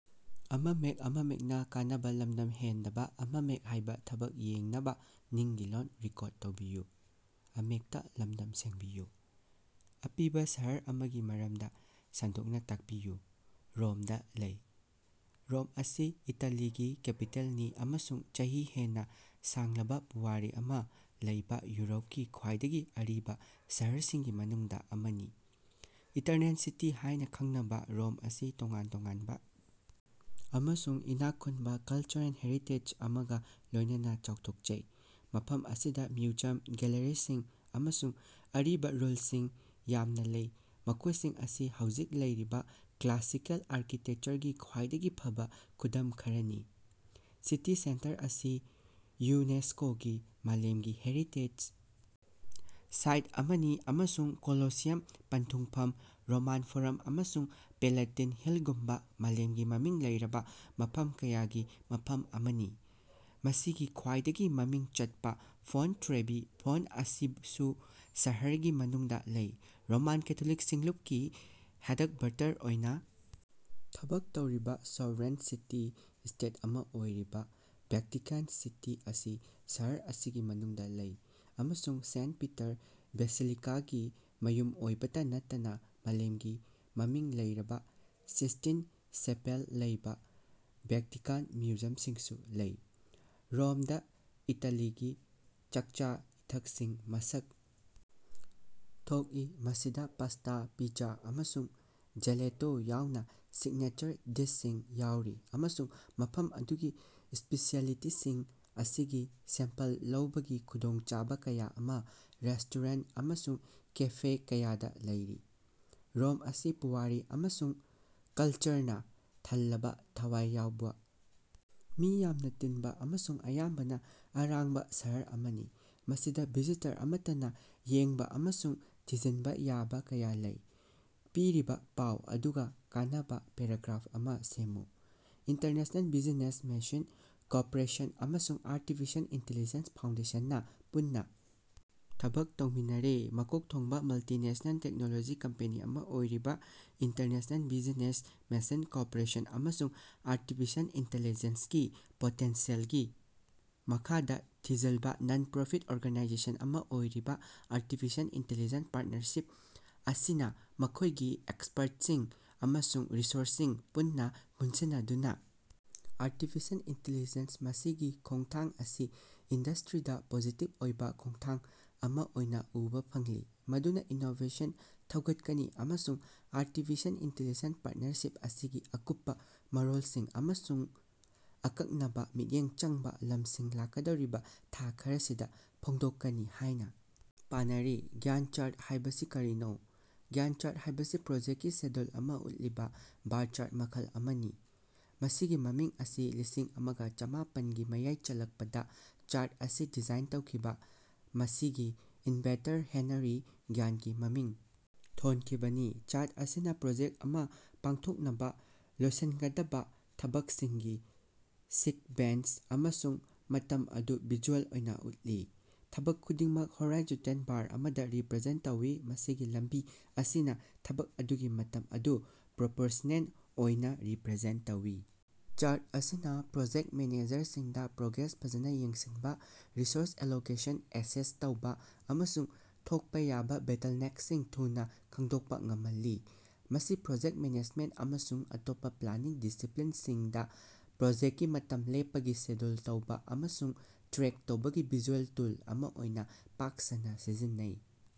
ꯑꯄꯤꯕ ꯁꯍꯔ ꯑꯃꯒꯤ ꯃꯔꯝꯗ ꯁꯟꯗꯣꯛꯅ ꯇꯥꯛꯄꯤꯌꯨ꯫ ꯔꯣꯝꯗ ꯂꯩ꯫ ꯔꯣꯝ ꯑꯁꯤ ꯏꯇꯥꯂꯤꯒꯤ ꯀꯦꯄꯤꯇꯦꯜꯅꯤ ꯑꯃꯁꯨꯡ ꯆꯍꯤ ꯍꯦꯟꯅ ꯁꯥꯡꯂꯕ ꯄꯨꯋꯥꯔꯤ ꯑꯃ ꯂꯩꯕ ꯌꯨꯔꯣꯞꯀꯤ ꯈ꯭ꯋꯥꯏꯗꯒꯤ ꯑꯔꯤꯕ ꯁꯍꯔꯁꯤꯡꯒꯤ ꯃꯅꯨꯡꯗ ꯑꯃꯅꯤ꯫ ꯏꯇꯔꯅꯦꯜ ꯁꯤꯇꯤ ꯍꯥꯏꯅ ꯈꯪꯅꯕ ꯔꯣꯝ ꯑꯁꯤ ꯇꯣꯉꯥꯟ ꯇꯣꯉꯥꯟꯕ ꯑꯃꯁꯨꯡ ꯏꯅꯥꯛ ꯈꯨꯜꯂꯕ ꯀꯂꯆꯔꯦꯜ ꯍꯦꯔꯤꯇꯦꯖ ꯑꯃꯒ ꯂꯣꯏꯅꯅ ꯆꯥꯎꯊꯣꯛꯆꯩ, ꯃꯐꯝ ꯑꯁꯤꯗ ꯃ꯭ꯌꯨꯖꯤꯌꯝ, ꯒꯦꯜꯂꯔꯤꯁꯤꯡ, ꯑꯃꯁꯨꯡ ꯑꯔꯤꯕ ꯔꯨꯏꯟꯁꯤꯡ ꯌꯥꯝꯅ ꯂꯩ, ꯃꯈꯣꯏꯁꯤꯡ ꯑꯁꯤ ꯍꯧꯖꯤꯛ ꯂꯩꯔꯤꯕ ꯀ꯭ꯂꯥꯁꯤꯀꯦꯜ ꯑꯥꯔꯀꯤꯇꯦꯛꯆꯔꯒꯤ ꯈ꯭ꯋꯥꯏꯗꯒꯤ ꯐꯕ ꯈꯨꯗꯝ ꯈꯔꯅꯤ꯫ ꯁꯤꯇꯤ ꯁꯦꯟꯇꯔ ꯑꯁꯤ ꯌꯨꯅꯦꯁ꯭ꯀꯣꯒꯤ ꯃꯥꯂꯦꯝꯒꯤ ꯍꯦꯔꯤꯇꯦꯖ ꯁꯥꯏꯠ ꯑꯃꯅꯤ ꯑꯃꯁꯨꯡ ꯀꯣꯂꯣꯁꯤꯌꯝ, ꯄꯟꯊꯨꯡꯐꯝ, ꯔꯣꯃꯥꯟ ꯐꯣꯔꯝ ꯑꯃꯁꯨꯡ ꯄꯦꯂꯦꯇꯤꯟ ꯍꯤꯜꯒꯨꯝꯕ ꯃꯥꯂꯦꯝꯒꯤ ꯃꯃꯤꯡ ꯂꯩꯔꯕ ꯃꯐꯝ ꯀꯌꯥꯒꯤ ꯃꯐꯝ ꯑꯃꯅꯤ꯫ ꯃꯁꯤꯒꯤ ꯈ꯭ꯋꯥꯏꯗꯒꯤ ꯃꯃꯤꯡ ꯆꯠꯄ ꯐꯣꯟꯠ ꯇ꯭ꯔꯦꯚꯤ ꯐꯣꯟꯠ ꯑꯁꯤꯁꯨ ꯁꯍꯔꯒꯤ ꯃꯅꯨꯡꯗ ꯂꯩ꯫ ꯔꯣꯃꯥꯟ ꯀꯦꯊꯣꯂꯤꯛ ꯁꯤꯡꯂꯨꯞꯀꯤ ꯍꯦꯗꯛꯕꯥꯇꯔ ꯑꯣꯏꯅ ꯊꯕꯛ ꯇꯧꯔꯤꯕ ꯁꯣꯚꯔꯦꯟ ꯁꯤꯇꯤ-ꯁ꯭ꯇꯦꯠ ꯑꯃ ꯑꯣꯏꯔꯤꯕ ꯚ꯭ꯌꯥꯇꯤꯀꯥꯟ ꯁꯤꯇꯤ ꯑꯁꯤ ꯁꯍꯔ ꯑꯁꯤꯒꯤ ꯃꯅꯨꯡꯗ ꯂꯩ ꯑꯃꯁꯨꯡ ꯁꯦꯟꯠ ꯄꯤꯇꯔ ꯕꯦꯁꯤꯂꯤꯀꯥꯒꯤ ꯃꯌꯨꯝ ꯑꯣꯏꯕꯇ ꯅꯠꯇꯅ ꯃꯥꯂꯦꯝꯒꯤ ꯃꯃꯤꯡ ꯂꯩꯔꯕ ꯁꯤꯁ꯭ꯇꯤꯟ ꯆꯦꯄꯦꯜ ꯂꯩꯕ ꯚ꯭ꯌꯥꯇꯤꯀꯥꯟ ꯃ꯭ꯌꯨꯖꯤꯌꯝꯁꯤꯡꯁꯨ ꯂꯩ꯫ ꯔꯣꯝꯗ ꯏꯇꯥꯂꯤꯒꯤ ꯆꯥꯛꯆꯥ-ꯏꯊꯛꯁꯤꯡ ꯃꯁꯛ ꯊꯣꯛꯏ, ꯃꯁꯤꯗ ꯄꯥꯁ꯭ꯇꯥ, ꯄꯤꯠꯖꯥ ꯑꯃꯁꯨꯡ ꯖꯦꯂꯦꯇꯣ ꯌꯥꯎꯅ ꯁꯤꯒꯅꯦꯆꯔ ꯗꯤꯁꯁꯤꯡ ꯌꯥꯎꯔꯤ, ꯑꯃꯁꯨꯡ ꯃꯐꯝ ꯑꯗꯨꯒꯤ ꯁ꯭ꯄꯦꯁꯤꯑꯦꯂꯤꯇꯤꯁꯤꯡ ꯑꯁꯤꯒꯤ ꯁꯦꯝꯄꯜ ꯂꯧꯕꯒꯤ ꯈꯨꯗꯣꯡꯆꯥꯕ ꯀꯌꯥ ꯑꯃ ꯔꯦꯁ꯭ꯇꯣꯔꯦꯟ ꯑꯃꯁꯨꯡ ꯀꯦꯐꯦ ꯀꯌꯥꯗ ꯂꯩꯔꯤ꯫ ꯔꯣꯝ ꯑꯁꯤ ꯄꯨꯋꯥꯔꯤ ꯑꯃꯁꯨꯡ ꯀꯜꯆꯔꯅ ꯊꯜꯂꯕ ꯊꯋꯥꯏ ꯌꯥꯎꯕ, ꯃꯤ ꯌꯥꯝꯅ ꯇꯤꯟꯕ ꯑꯃꯁꯨꯡ ꯑꯌꯥꯝꯕꯅ ꯑꯔꯥꯟꯕ ꯁꯍꯔ ꯑꯃꯅꯤ, ꯃꯁꯤꯗ ꯚꯤꯖꯤꯇꯔ ꯑꯃꯠꯇꯅ ꯌꯦꯡꯕꯥ ꯑꯃꯁꯨꯡ ꯊꯤꯖꯤꯟꯕ ꯌꯥꯕ ꯀꯌꯥ ꯂꯩ꯫ ꯄꯤꯔꯤꯕ ꯄꯥꯎ ꯑꯗꯨꯒ ꯃꯥꯟꯅꯕ ꯄꯦꯔꯥꯒ꯭ꯔꯥꯐ ꯑꯃꯥ ꯁꯦꯝꯃꯨ꯫ ꯏꯟꯇꯔꯅ‌ꯦꯁꯅ‌ꯦꯜ ꯕꯤꯖꯤꯅ‌ꯦꯁ ꯃ‌ꯦꯁꯤꯟ ꯀ‌ꯣꯔꯄ‌ꯣꯔ‌ꯦꯁꯟ ꯑꯃꯁꯨꯡ ꯑꯥꯔꯇꯤꯐꯤꯁꯤꯑꯦꯜ ꯏꯟꯇꯤꯂꯤꯖ‌ꯦꯟꯁ ꯐꯥꯎꯟꯗꯦꯁꯟꯅ ꯄꯨꯟꯅ ꯊꯕꯛ ꯇꯧꯃꯤꯟꯅꯔꯦ꯫ ꯃꯀꯣꯛ ꯊꯣꯡꯕ ꯃꯜꯇꯤꯅꯦꯁ꯭ꯅꯦꯜ ꯇꯦꯛꯅꯣꯂꯣꯖꯤ ꯀꯝꯄꯦꯅꯤ ꯑꯃꯥ ꯑꯣꯏꯔꯤꯕ ꯏꯟꯇꯔꯅ‌ꯦꯁꯅ‌ꯦꯜ ꯕꯤꯖꯤꯅ‌ꯦꯁ ꯃ‌ꯦꯁꯤꯟ ꯀ‌ꯣꯔꯄ‌ꯣꯔ‌ꯦꯁꯟ ꯑꯃꯁꯨꯡ ꯑꯥꯔꯇꯤꯐꯤꯁꯤꯑꯦꯜ ꯏꯟꯇꯤꯂꯤꯖꯦꯟꯁꯀꯤ ꯄꯣꯇꯦꯟꯁꯤꯌꯦꯜꯒꯤ ꯃꯇꯥꯡꯗ ꯊꯤꯖꯤꯜꯂꯤꯕ ꯅꯟ-ꯄ꯭ꯔꯣꯐꯤꯠ ꯑꯣꯔꯒꯅꯥꯏꯖꯦꯁꯟ ꯑꯃꯥ ꯑꯣꯏꯔꯤꯕ ꯑꯥꯔꯇꯤꯐꯤꯁꯤꯑꯦꯜ ꯏꯟꯇꯤꯂꯤꯖꯦꯟꯁ ꯄꯥꯔ꯭ꯠꯅꯔꯁꯤꯞ ꯑꯁꯤꯅ ꯃꯈꯣꯏꯒꯤ ꯑꯦꯛꯁꯄꯔꯠꯁꯤꯡ ꯑꯃꯁꯨꯡ ꯔꯤꯁꯣꯔꯁꯁꯤꯡ ꯄꯨꯟꯅ ꯄꯨꯟꯁꯤꯟꯅꯗꯨꯅ ꯑꯥꯔꯇꯤꯐꯤꯁꯤꯑꯦꯜ ꯏꯟꯇꯤꯂꯤꯖꯦꯟꯁ ꯃꯁꯤꯒꯤ ꯈꯣꯉꯊꯥꯡ ꯑꯁꯤ ꯏꯟꯗꯁꯇ꯭ꯔꯤꯗ ꯄꯣꯖꯤꯇꯤꯕ ꯑꯣꯏꯕ ꯈꯣꯡꯊꯥꯡ ꯑꯃ ꯑꯣꯏꯅ ꯎꯕ ꯐꯪꯂꯤ ꯃꯗꯨꯅ ꯏꯅꯣꯕꯦꯁꯟ ꯊꯧꯒꯠꯀꯅꯤ ꯑꯃꯁꯨꯡ ꯑꯥꯔꯇꯤꯐꯤꯁꯤꯑꯦꯜ ꯏꯟꯇꯤꯂꯤꯖꯦꯟꯁ ꯄꯥꯔꯇꯅꯔꯁꯤꯞ ꯑꯁꯤꯒꯤ ꯑꯀꯨꯞꯄꯥ ꯃꯔꯣꯜꯁꯤꯡ ꯑꯃꯁꯨꯡ ꯑꯀꯛꯅꯕ ꯃꯤꯠꯌꯦꯡ ꯆꯪꯕ ꯂꯝꯁꯤꯡ ꯂꯥꯛꯀꯗꯧꯔꯤꯕ ꯊꯥ ꯈꯔꯁꯤꯗ ꯐꯣꯡꯗꯣꯛꯀꯅꯤ ꯍꯥꯏꯅ ꯄꯥꯅꯔꯤ꯫ ꯒ꯭ꯌꯥꯟꯇ ꯆꯥꯔꯠ ꯍꯥꯏꯕꯁꯤ ꯀꯔꯤꯅꯣ꯫ ꯒ꯭ꯌꯥꯟꯠ ꯆꯥꯔꯠ ꯍꯥꯏꯕꯁꯤ ꯄ꯭ꯔꯣꯖꯦꯛꯀꯤ ꯁꯦꯗ꯭ꯌꯨꯜ ꯑꯃꯥ ꯎꯠꯂꯤꯕ ꯕꯥꯔ ꯆꯥꯔꯠ ꯃꯈꯜ ꯑꯃꯅꯤ꯫ ꯃꯁꯤꯒꯤ ꯃꯃꯤꯡ ꯑꯁꯤ ꯂꯤꯁꯤꯡ ꯑꯃꯒ ꯆꯃꯥꯄꯟꯒꯤ ꯃꯌꯥꯏ ꯆꯜꯂꯛꯄꯗ ꯆꯥꯔꯠ ꯑꯁꯤ ꯗꯤꯖꯥꯏꯟ ꯇꯧꯈꯤꯕ ꯃꯁꯤꯒꯤ ꯏꯟꯚꯦꯟꯇꯔ ꯍꯦꯅꯔꯤ ꯒ꯭ꯌꯥꯟꯀꯤ ꯃꯃꯤꯡ ꯊꯣꯟꯈꯤꯕꯅꯤ꯫ ꯆꯥꯔꯠ ꯑꯁꯤꯅ ꯄ꯭ꯔꯣꯖꯦꯛ ꯑꯃ ꯄꯥꯡꯊꯣꯛꯅꯕ ꯂꯣꯏꯁꯤꯟꯒꯗꯕ ꯊꯕꯛꯁꯤꯡꯒꯤ ꯁꯤꯛꯕꯦꯟꯁ ꯑꯃꯁꯨꯡ ꯃꯇꯝ ꯑꯗꯨ ꯚꯤꯖꯨꯑꯦꯜ ꯑꯣꯏꯅ ꯎꯠꯂꯤ꯫ ꯊꯕꯛ ꯈꯨꯗꯤꯡꯃꯛ ꯍꯣꯔꯥꯏꯖꯣꯟꯇꯦꯜ ꯕꯥꯔ ꯑꯃꯅ ꯔꯤꯞꯔꯖꯦꯟ ꯇꯧꯏ, ꯃꯁꯤꯒꯤ ꯂꯝꯕꯤ ꯑꯁꯤꯅ ꯊꯕꯛ ꯑꯗꯨꯒꯤ ꯃꯇꯝ ꯑꯗꯨ ꯄ꯭ꯔꯣꯄꯣꯔꯁꯅꯦꯜ ꯑꯣꯏꯅ ꯔꯤꯄꯔꯖꯦꯟ ꯇꯧꯏ꯫ ꯆꯥꯔꯠ ꯑꯁꯤꯅ ꯄ꯭ꯔꯣꯖꯦꯛꯇ ꯃꯦꯅꯦꯖꯔꯁꯤꯡꯗ ꯄ꯭ꯔꯣꯒ꯭ꯔꯦꯁ ꯐꯖꯅ ꯌꯦꯡꯁꯤꯟꯕ, ꯔꯤꯁꯣꯔꯁ ꯑꯦꯂꯣꯀꯦꯁꯟ ꯑꯦꯁꯦꯁ ꯇꯧꯕ ꯑꯃꯁꯨꯡ ꯊꯣꯛꯄ ꯌꯥꯕꯥ ꯕꯣꯇꯜꯅꯦꯛꯁꯤꯡ ꯊꯨꯅ ꯈꯪꯗꯣꯛꯄ ꯉꯝꯍꯜꯂꯤ꯫ ꯃꯁꯤ ꯄ꯭ꯔꯣꯖꯦꯛꯇ ꯃꯦꯅꯦꯖꯃꯦꯟꯇ ꯑꯃꯁꯨꯡ ꯑꯇꯣꯞꯄ ꯄ꯭ꯂꯥꯅꯤꯡ ꯗꯤꯁꯤꯄꯂꯤꯟꯁꯤꯡꯗ ꯄ꯭ꯔꯣꯖꯦꯛꯇꯀꯤ ꯃꯇꯝ ꯂꯦꯞꯄꯒꯤ ꯁꯦꯗ꯭ꯌꯨꯜ ꯇꯧꯕ ꯑꯃꯁꯨꯡ ꯇ꯭ꯔꯦꯛ ꯇꯧꯕꯒꯤ ꯚꯤꯖꯨꯑꯦꯜ ꯇꯨꯜ ꯑꯃ ꯑꯣꯏꯅꯥ ꯄꯥꯛ ꯁꯟꯅꯥ ꯁꯤꯖꯤꯟꯅꯩ꯫